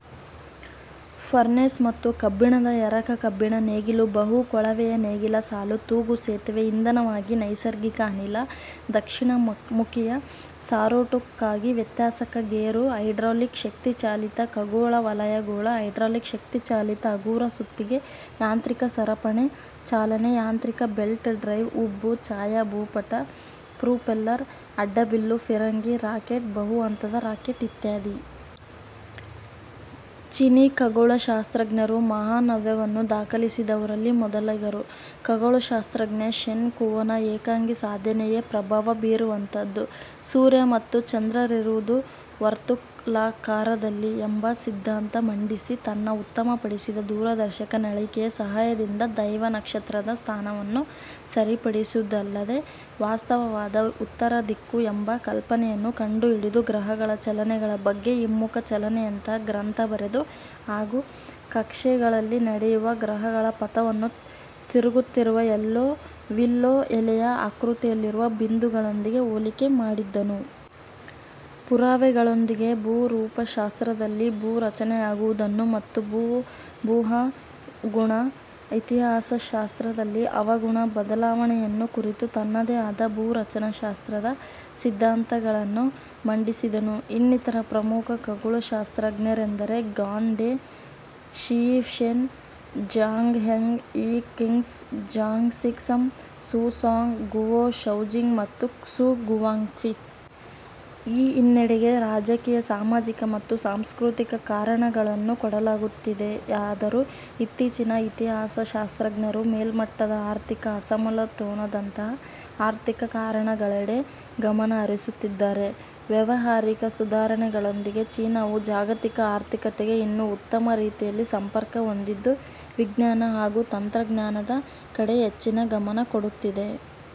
Furnace ಮತ್ತು ಕಬ್ಬಿಣದ ಎರಕ, ಕಬ್ಬಿಣ ನೇಗಿಲು, ಬಹು-ಕೊಳವೆಯ ನೇಗಿಲ ಸಾಲು, ತೂಗು ಸೇತುವೆ, ಇಂಧನವಾಗಿ ನೈಸರ್ಗಿಕ ಅನಿಲ, ದಕ್ಷಿಣ ಮುಖೀಯ ಸಾರೋಟು ಕ್ಕಾಗಿ ವ್ಯತ್ಯಾಸಕ ಗೇರು, ಹೈಡ್ರಾಲಿಕ್ ಶಕ್ತಿಚಾಲಿತ ಖಗೋಳ ವಲಯ ಗೋಳ, ಹೈಡ್ರಾಲಿಕ್-ಶಕ್ತಿ ಚಾಲಿತ ಹಗುರ ಸುತ್ತಿಗೆ, ಯಾಂತ್ರಿಕ ಸರಪಣಿ ಚಾಲನೆ, ಯಾಂತ್ರಿಕ ಬೆಲ್ಟ್ ಡ್ರೈವ್, ಉಬ್ಬು ಛಾಯಾ ಭೂಪಟ, ಪ್ರೊಪೆಲ್ಲರ್, ಅಡ್ಡಬಿಲ್ಲು, ಫಿರಂಗಿ, ರಾಕೆಟ್, ಬಹು ಹಂತದ ರಾಕೆಟ್ ಇತ್ಯಾದಿ. ಚೀನೀ ಖಗೋಳಶಾಸ್ತ್ರಜ್ಞರು ಮಹಾನವ್ಯ ವನ್ನು ದಾಖಲಿಸಿದವರಲ್ಲಿ ಮೊದಲಿಗರು. ಖಗೋಳಶಾಸ್ತ್ರಜ್ಞ ಶೆನ್ ಕುವೋನ ಏಕಾಂಗಿ ಸಾಧನೆಯೇ ಪ್ರಭಾವ ಬೀರುವಂತಹದ್ದು, ಸೂರ್ಯ ಮತ್ತು ಚಂದ್ರರಿರುವುದು ವರ್ತುಲಾಕಾರದಲ್ಲಿ ಎಂಬ ಸಿದ್ಧಾಂತ ಮಂಡಿಸಿ, ತನ್ನ ಉತ್ತಮಪಡಿಸಿದ ದೂರದರ್ಶಕ ನಳಿಕೆಯ ಸಹಾಯದಿಂದ ಧೃವ ನಕ್ಷತ್ರ ದ ಸ್ಥಾನವನ್ನು ಸರಿಪಡಿಸಿದುದಲ್ಲದೇ, ವಾಸ್ತವವಾದ ಉತ್ತರದಿಕ್ಕು ಎಂಬ ಕಲ್ಪನೆಯನ್ನು ಕಂಡುಹಿಡಿದು, ಗ್ರಹಗಳ ಚಲನೆಗಳ ಬಗ್ಗೆ ಹಿಮ್ಮುಖ ಚಲನೆಯಂತಹಾ ಗ್ರಂಥ ಬರೆದು, ಹಾಗೂ ಕಕ್ಷೆಗಳಲ್ಲಿ ನಡೆಯುವ ಗ್ರಹಗಳ ಪಥವನ್ನು ತಿರುಗುತ್ತಿರುವ ವಿಲ್ಲೋ ಎಲೆಯ ಆಕೃತಿಯಲ್ಲಿರುವ ಬಿಂದುಗಳೊಂದಿಗೆ ಹೋಲಿಕೆ ಮಾಡಿದ್ದನು. ಪುರಾವೆಗಳೊಂದಿಗೆ ಭೂರೂಪಶಾಸ್ತ್ರದಲ್ಲಿ ಭೂರಚನೆಯಾಗುವುದನ್ನು ಮತ್ತು ಭೂಹವಾಗುಣ ಇತಿಹಾಸಶಾಸ್ತ್ರ ದಲ್ಲಿ ಹವಾಗುಣ ಬದಲಾವಣೆಯನ್ನು ಕುರಿತು ತನ್ನದೇ ಆದ ಭೂರಚನಾ ಶಾಸ್ತ್ರದ ಸಿದ್ಧಾಂತಗಳನ್ನು ಮಂಡಿಸಿದನು. ಇನ್ನಿತರ ಪ್ರಮುಖ ಖಗೋಳಶಾಸ್ತ್ರಜ್ಞರೆಂದರೆ Gan De, Shi Shen, Zhang Heng, Yi Xing, Zhang Sixun, Su Song, Guo Shoujing, ಮತ್ತು ಕ್ಸು ಗುವಾಂಗ್ಕ್ವಿ. ಈ ಹಿನ್ನಡೆಗೆ ರಾಜಕೀಯ, ಸಾಮಾಜಿಕ ಮತ್ತು ಸಾಂಸ್ಕೃತಿಕ ಕಾರಣಗಳನ್ನು ಕೊಡಲಾಗುತ್ತಿದೆಯಾದರೂ, ಇತ್ತೀಚಿನ ಇತಿಹಾಸಶಾಸ್ತ್ರಜ್ಞರು ಮೇಲ್ಮಟ್ಟದ ಆರ್ಥಿಕ ಅಸಮತೋಲನದಂತಹಾ ಆರ್ಥಿಕ ಕಾರಣ ಗಳೆಡೆ ಗಮನ ಹರಿಸುತ್ತಿದ್ದಾರೆ. ವ್ಯಾವಹಾರಿಕ ಸುಧಾರಣೆಗಳೊಂದಿಗೆ ಚೀನಾವು ಜಾಗತಿಕ ಆರ್ಥಿಕತೆಗೆ ಇನ್ನೂ ಉತ್ತಮ ರೀತಿಯಲ್ಲಿ ಸಂಪರ್ಕ ಹೊಂದಿದ್ದು ವಿಜ್ಞಾನ ಹಾಗೂ ತಂತ್ರಜ್ಞಾನದ ಕಡೆ ಹೆಚ್ಚಿನ ಗಮನ ಕೊಡುತ್ತಿದೆ.